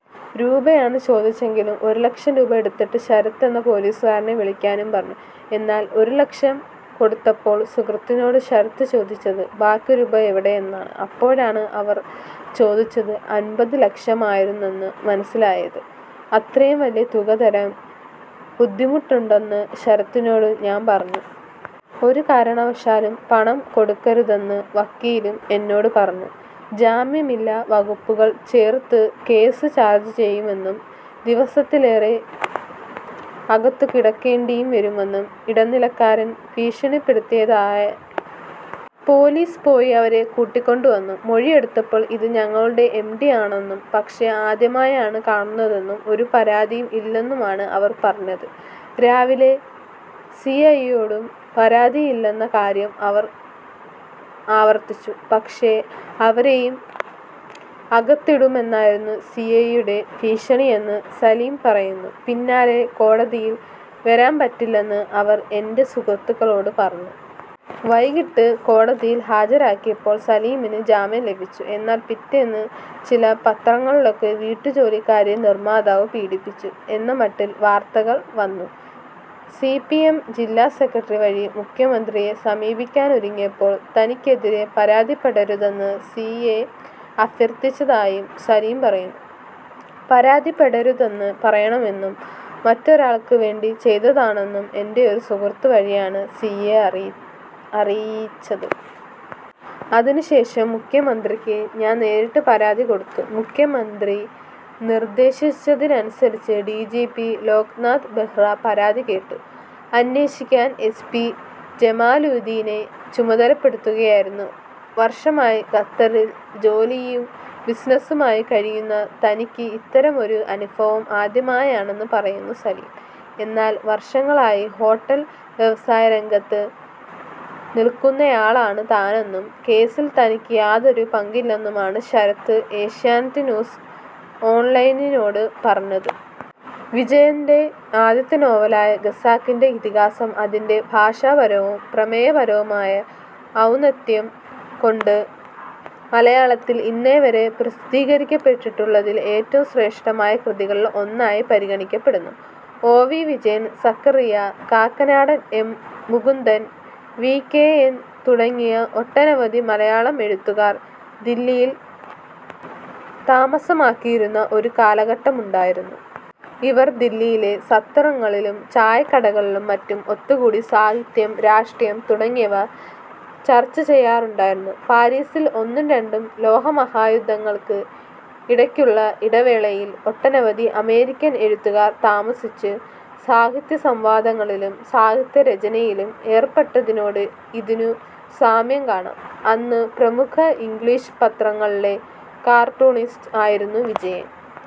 രൂപയാണ് ചോദിച്ചതെങ്കിലും ഒരു ലക്ഷം രൂപ എടുത്തിട്ട് ശരത്ത് എന്ന പൊലീസുകാരനെ വിളിക്കാനും പറഞ്ഞു. എന്നാൽ ഒരു ലക്ഷം കൊടുത്തപ്പോൾ സുഹൃത്തിനോട് ശരത്ത് ചോദിച്ചത് ബാക്കി രൂപ എവിടെ എന്നാണ്. അപ്പോഴാണ് അവർ ചോദിച്ചത് അൻപത് ലക്ഷമായിരുന്നെന്ന് മനസിലായത്. അത്രയും വലിയ തുക തരാൻ ബുദ്ധിമുട്ടുണ്ടെന്ന് ശരത്തിനോട് ഞാൻ പറഞ്ഞു. ഒരു കാരണവശാലും പണം കൊടുക്കരുതെന്ന് വക്കീലും എന്നോട് പറഞ്ഞു. " ജാമ്യമില്ലാ വകുപ്പുകൾ ചേർത്ത് കേസ് ചാർജ്ജ് ചെയ്യുമെന്നും ദിവസത്തിലേറെ അകത്തുകിടക്കേണ്ടിയും വരുമെന്നും ഇടനിലക്കാരൻ ഭീഷണിപ്പെടുത്തിയതായും പറയുന്നു സലിം. " പിന്നാലെ കേസ് രജിസ്റ്റർ ചെയ്തു. പുലർച്ചെ പരാതിയുണ്ടെന്ന് പൊലീസ് പറഞ്ഞ സ്ത്രീ വിമാനത്താവളത്തിൽ വന്നു. പൊലീസ് പോയി അവരെ കൂട്ടിക്കൊണ്ടുവന്നു. മൊഴിയെടുത്തപ്പോൾ ഇത് ഞങ്ങളുടെ എംഡിയാണെന്നും പക്ഷേ ആദ്യമായാണ് കാണുന്നതെന്നും ഒരു പരാതിയും ഇല്ലെന്നുമാണ് അവർ പറഞ്ഞത്. രാവിലെ സിഐയോടും പരാതിയില്ലെന്ന കാര്യം അവർ ആവർത്തിച്ചു. " പക്ഷേ അവരെയും അകത്തിടുമെന്നായിരുന്നു സിഐയുടെ ഭീഷണിയെന്ന് സലിം പറയുന്നു. " പിന്നാലെ കോടതിയിൽ വരാൻപറ്റില്ലെന്ന് അവർ എൻറെ സുഹൃത്തുക്കളോട് പറഞ്ഞു. " വൈകിട്ട് കോടതിയിൽ ഹാജരാക്കിയപ്പോൾ സലിമിന് ജാമ്യം ലഭിച്ചു. എന്നാൽ പിറ്റേന്ന് ചില പത്രങ്ങളിലൊക്കെ ' വീട്ടുജോലിക്കാരിയെ നിർമ്മാതാവ് പീഡിപ്പിച്ചു ' എന്നമട്ടിൽ വാർത്തകൾ വന്നു. സിപിഎം ജില്ലാ സെക്രട്ടറി വഴി മുഖ്യമന്ത്രിയെ സമീപിക്കാനൊരുങ്ങിയപ്പോൾ തനിക്കെതിരേ പരാതിപ്പെടരുതെന്ന് സിഐ അഭ്യർഥിച്ചതായും സലിം പറയുന്നു. " പരാതിപ്പെടരുതെന്ന് പറയണമെന്നും മറ്റൊരാൾക്കുവേണ്ടി ചെയ്തതാണെന്നും എൻറെ ഒരു സുഹൃത്ത് വഴിയാണ് സിഐ അറിയിച്ചത്. അതിനുശേഷം മുഖ്യമന്ത്രിക്ക് ഞാൻ നേരിട്ട് പരാതി കൊടുത്തു. മുഖ്യമന്ത്രി നിർദേശിച്ചതനുസരിച്ച് ഡിജിപി ലോക്നാഥ് ബെഹ്റ പരാതി കേട്ടു. അന്വേഷിക്കാൻ എസ് പി ജമാലുദ്ദീനെ ചുമതലപ്പെടുത്തുകയായിരുന്നു. " വർഷമായി ഖത്തറിൽ ജോലിയും ബിസിനസുമായി കഴിയുന്ന തനിക്ക് ഇത്തരമൊരു അനുഭവം ആദ്യമായാണെന്ന് പറയുന്നു സലിം. എന്നാൽ വർഷങ്ങളായി ഹോട്ടൽ വ്യവസായ രംഗത്ത് നിർക്കുന്നയാളാണ് താനെന്നും കേസിൽ തനിക്ക് യാതൊരു പങ്കുമില്ലെന്നുമാണ് ശരത്ത് ഏഷ്യാനെറ്റ് ന്യൂസ് ഓൺലൈനിനോട് പറഞ്ഞത്. വിജയന്റെ ആദ്യത്തെ നോവലായ ഖസാക്കിന്റെ ഇതിഹാസം അതിന്റെ ഭാഷാപരവും പ്രമേയപരവുമായ ഔന്നത്യം കൊണ്ട് മലയാളത്തിൽ ഇന്നേവരെ പ്രസിദ്ധീകരിക്കപ്പെട്ടിട്ടുള്ളതിൽ ഏറ്റവും ശ്രേഷ്ഠമായ കൃതികളിൽ ഒന്നായി പരിഗണിക്കപ്പെടുന്നു. O. V. Vijayan, Zacharia, Kakkanadan, M. Mukundan, V. K. N, തുടങ്ങിയ ഒട്ടനവധി മലയാളം എഴുത്തുകാർ ദില്ലിയിൽ താമസമാക്കിയിരുന്ന ഒരു കാലഘട്ടം ഉണ്ടായിരുന്നു. ഇവർ ദില്ലിയിലെ സത്രങ്ങളിലും ചായക്കടകളിലും മറ്റും ഒത്തുകൂടി സാഹിത്യം, രാഷ്ട്രീയം തുടങ്ങിയവ ചർച്ചചെയ്യാറുണ്ടായിരുന്നു. പാരീസിൽ ഒന്നും രണ്ടും ലോകമഹായുദ്ധങ്ങൾക്ക് ഇടക്കുള്ള ഇടവേളയിൽ ഒട്ടനവധി അമേരിക്കൻ എഴുത്തുകാർ താമസിച്ച് സാഹിത്യസംവാദങ്ങളിലും സാഹിത്യരചനയിലും ഏർപ്പെട്ടതിനോട് ഇതിനു സാമ്യം കാണാം.. അന്ന് പ്രമുഖ ഇംഗ്ലീഷ് പത്രങ്ങളിലെ കാർട്ടൂണിസ്റ്റ് ആയിരുന്നു വിജയൻ.